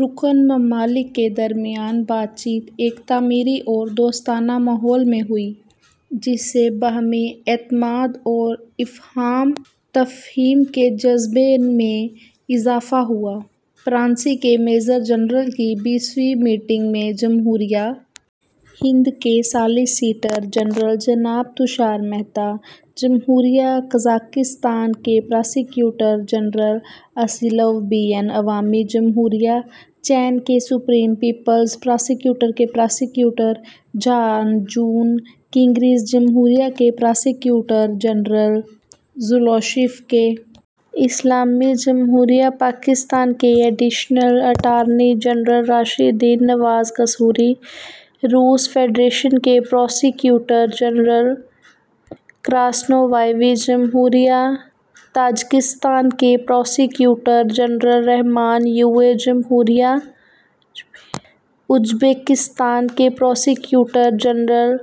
رکن ممالک کے درمیان بات چیت ایک تعمیری اور دوستانہ ماحول میں ہوئی، جس سے باہمی اعتماد اور افہام و تفہیم کے جذبے میں اضافہ ہوا۔ پراسیکیوٹرز جنرل کی بیسویں میٹنگ میں جمہوریۂ ہند کے سالیسیٹر جنرل جناب تشار مہتا، جمہوریہ قزاقستان کے prosecutor general Asylov B N, عوامی جمہوریہ چین کے سپریم پیپلز پراسیکیوٹر کے پراسیکیوٹر ژانگ جون، کرغز جمہوریہ کے prosecutor general Zulushev K T, اسلامی جمہوریۂ پاکستان کے additional attorney general Rashdeen Nawaz Kasuri, روسی فیڈریشن کے prosecutor general Krasnov I V, جمہوریۂ تاجکستان کے prosecutor general Rakhmon U A, جمہوریۂ ازبیکستان کے prosecutor general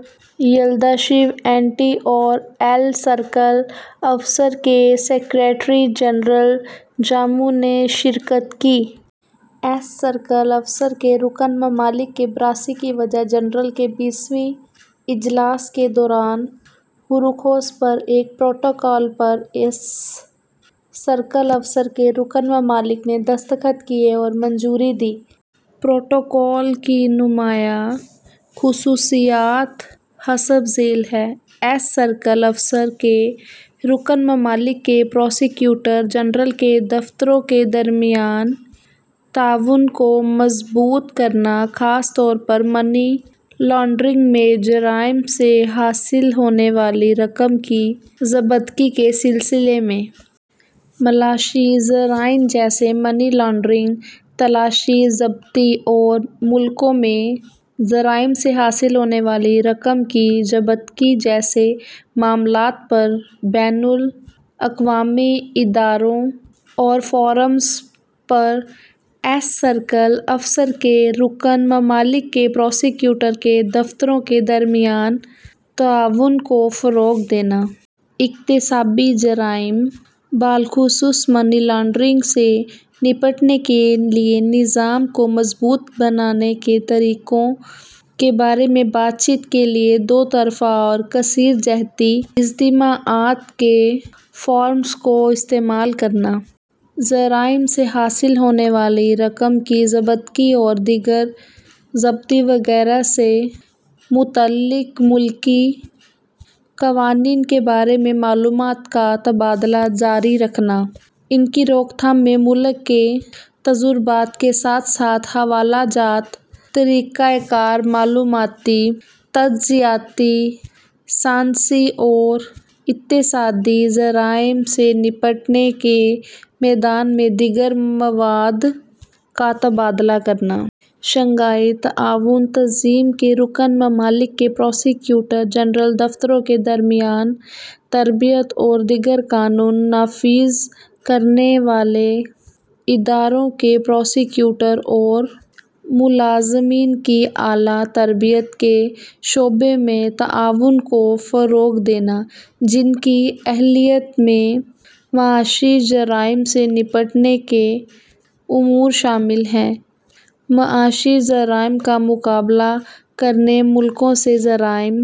Yuldashev N T اور ایس سی او کے سیکرٹری جنرل ژانگ منگ نے شرکت کی۔ ایس سی او کے رکن ممالک کے پراسیکیوٹرز جنرل کے بیسویں اجلاس کے دوران غور و خوض پر ایک پروٹوکول پر ایس سی او کے رکن ممالک نے دستخط کیے اور منظوری دی۔ پروٹوکول کی نمایاں خصوصیات حسب ذیل ہیں: ایس سی او کے رکن ممالک کے پراسیکیوٹر جنرل کے دفاتر کے درمیان تعاون کو مضبوط کرنا، خاص طور پر منی لانڈرنگ میں جرائم سے حاصل ہونے والی رقم کی ضبطگی کے سلسلے میں۔ معاشی جرائم جیسے منی لانڈرنگ، تلاشی، ضبطی اور ملکوں میں جرائم سے حاصل ہونے والی رقم کی ضبطگی جیسے معاملات پر بین الاقوامی اداروں اور فورمز پر ایس سی او کے رکن ممالک کے پراسیکیوٹر کے دفاتر کے درمیان تعاون کو فروغ دینا۔ اقتصادی جرائم، بالخصوص منی لانڈرنگ سے نمٹنے کے لیے نظام کو مضبوط بنانے کے طریقوں کے بارے میں بات چیت کے لیے دو طرفہ اور کثیر جہتی اجتماعات کے فورموں کو استعمال کرنا۔ جرائم سے حاصل ہونے والی رقم کی ضبطگی اور دیگر ضبطی وغیرہ سے متعلق ملکی قوانین کے بارے میں معلومات کا تبادلہ جاری رکھنا۔ ان کی روک تھام میں ملک کے تجربات کے ساتھ ساتھ حوالہ جات، طریقہ کار، معلوماتی، تجزیاتی، سائنسی اور اقتصادی جرائم سے نمٹنے کے میدان میں دیگر مواد کا تبادلہ کرنا۔ شنگھائی تعاون تنظیم کے رکن ممالک کے پراسیکیوٹرز جنرل دفاتر کے درمیان تربیت اور دیگر قانون نافذ کرنے والے اداروں کے پراسیکیوٹرز اور ملازمین کی اعلیٰ تربیت کے شعبے میں تعاون کو فروغ دینا، جن کی اہلیت میں معاشی جرائم سے نمٹنے کے امور شامل ہیں۔ معاشی جرائم کا مقابلہ کرنے، ملکوں سے جرائم